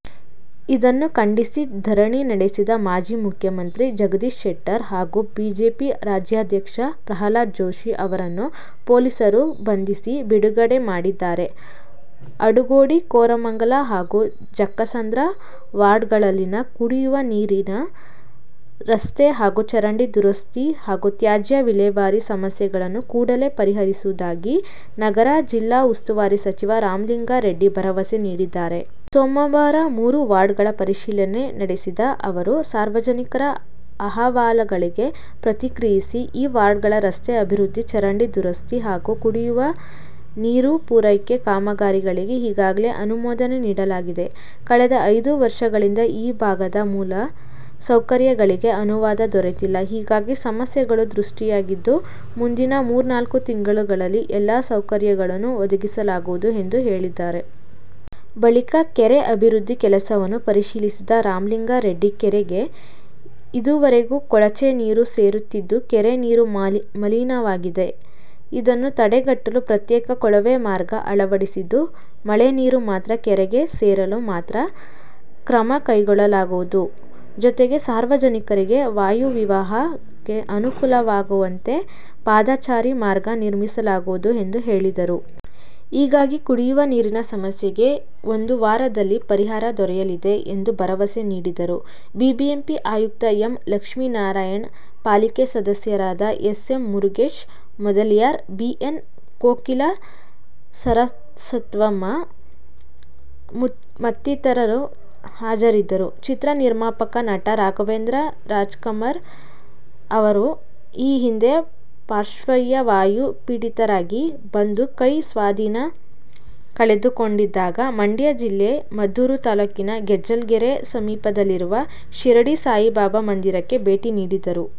ಇದನ್ನು ಖಂಡಿಸಿ ಧರಣಿ ನಡೆಸಿದ ಮಾಜಿ ಮುಖ್ಯಮಂತ್ರಿ ಜಗದೀಶ ಶೆಟ್ಟರ್ ಹಾಗೂಬಿಜೆಪಿ ರಾಜ್ಯಾಧ್ಯಕ್ಷ ಪ್ರಹ್ಲಾದ ಜೋಶಿ ಅವರನ್ನು ಪೊಲೀಸರು ಬಂಧಿಸಿ ಬಿಡುಗಡೆ ಮಾಡಿದ್ದಾರೆ. ಆಡುಗೋಡಿ, ಕೋರಮಂಗಲ ಹಾಗೂ ಜಕ್ಕಸಂದ್ರ ವಾರ್ಡ್ಗಳಲ್ಲಿನ ಕುಡಿಯುವ ನೀರು, ರಸ್ತೆ ಹಾಗೂ ಚರಂಡಿ ದುರಸ್ತಿ ಹಾಗೂ ತ್ಯಾಜ್ಯ ವಿಲೇವಾರಿ ಸಮಸ್ಯೆಗಳನ್ನು ಕೂಡಲೇ ಪರಿಹರಿಸುವುದಾಗಿ ನಗರ ಜಿಲ್ಲಾ ಉಸ್ತುವಾರಿ ಸಚಿವ ರಾಮಲಿಂಗಾರೆಡ್ಡಿ ಭರವಸೆ ನೀಡಿದ್ದಾರೆ. ಸೋಮವಾರ ಮೂರೂ ವಾರ್ಡ್ಗಳ ಪರಿಶೀಲನೆ ನಡೆಸಿದ ಅವರು, ಸಾರ್ವಜನಿಕರ ಅಹವಾಲುಗಳಿಗೆ ಪ್ರತಿಕ್ರಿಯಿಸಿ, ಈ ವಾರ್ಡ್ಗಳ ರಸ್ತೆ ಅಭಿವೃದ್ಧಿ, ಚರಂಡಿ ದುರಸ್ತಿ ಹಾಗೂ ಕುಡಿಯುವ ನೀರು ಪೂರೈಕೆ ಕಾಮಗಾರಿಗಳಿಗೆ ಈಗಾಗಲೇ ಅನುಮೋದನೆ ನೀಡಲಾಗಿದೆ. ಕಳೆದ ಐದು ವರ್ಷಗಳಿಂದ ಈ ಭಾಗದ ಮೂಲ ಸೌಕರ್ಯಗಳಿಗೆ ಅನುದಾನ ದೊರೆತಿಲ್ಲ. ಹೀಗಾಗಿ, ಸಮಸ್ಯೆಗಳು ಸೃಷ್ಟಿಯಾಗಿದ್ದು ಮುಂದಿನ ಮೂರ್ನಾಲ್ಕು ತಿಂಗಳಲ್ಲಿ ಎಲ್ಲಾ ಸೌಕರ್ಯಗಳನ್ನೂ ಒದಗಿಸಲಾಗುವುದು ಎಂದು ಹೇಳಿದರು. ಬಳಿಕ ಕೆರೆ ಅಭಿವೃದ್ಧಿ ಕೆಲಸವನ್ನು ಪರಿಶೀಲಿಸಿದ ರಾಮಲಿಂಗಾರೆಡ್ಡಿ, ಕೆರೆಗೆ ಇದುವರೆಗೆ ಕೊಳಚೆ ನೀರು ಸೇರುತ್ತಿದ್ದು ಕೆರೆ ನೀರು ಮಲಿನವಾಗಿದೆ. ಇದನ್ನು ತಡೆಗಟ್ಟಲು ಪ್ರತ್ಯೇಕ ಕೊಳವೆ ಮಾರ್ಗ ಅಳವಡಿಸಿದ್ದು, ಮಳೆ ನೀರು ಮಾತ್ರ ಕೆರೆಗೆ ಸೇರಲು ಕ್ರಮ ಕೈಗೊಳ್ಳಲಾಗುವುದು. ಜತೆಗೆ, ಸಾರ್ವಜನಿಕರಿಗೆ ವಾಯುವಿಹಾರಕ್ಕೆ ಅನುಕೂಲವಾಗುವಂತೆ ಪಾದಚಾರಿ ಮಾರ್ಗ ನಿರ್ಮಿಸಲಾಗುವುದು ಎಂದು ಹೇಳಿದರು. ಹೀಗಾಗಿ ಕುಡಿಯುವ ನೀರಿನ ಸಮಸ್ಯೆಗೆ ಒಂದು ವಾರದಲ್ಲಿ ಪರಿಹಾರ ದೊರೆಯಲಿದೆ ಎಂದು ಭರವಸೆ ನೀಡಿದರು. ಬಿಬಿಎಂಪಿ ಆಯುಕ್ತ ಎಂ. ಲಕ್ಷ್ಮೀನಾರಾಯಣ, ಪಾಲಿಕೆ ಸದಸ್ಯರಾದ S. M. Murugesh Mudaliar, B. N. Kokila, Saraswathamma ಮತ್ತಿತರರು ಹಾಜರಿದ್ದರು. ಚಿತ್ರ ನಿರ್ಮಾಪಕ, ನಟ ರಾಘವೇಂದ್ರ ರಾಜ್ಕುಮಾರ್ ಅವರು ಈ ಹಿಂದೆ ಪಾರ್ಶ್ವವಾಯು ಪೀಡಿತರಾಗಿ ಒಂದು ಕೈಯ ಸ್ವಾಧೀನ ಕಳೆದುಕೊಂಡಿದ್ದಾಗ ಮಂಡ್ಯ ಜಿಲ್ಲೆ ಮದ್ದೂರು ತಾಲೂಕಿನ ಗೆಜ್ಜಲಗೆರೆ ಸಮೀಪವಿರುವ ಶಿರಡಿ ಸಾಯಿಬಾಬಾ ಮಂದಿರಕ್ಕೆ ಭೇಟಿ ನೀಡಿದ್ದರು.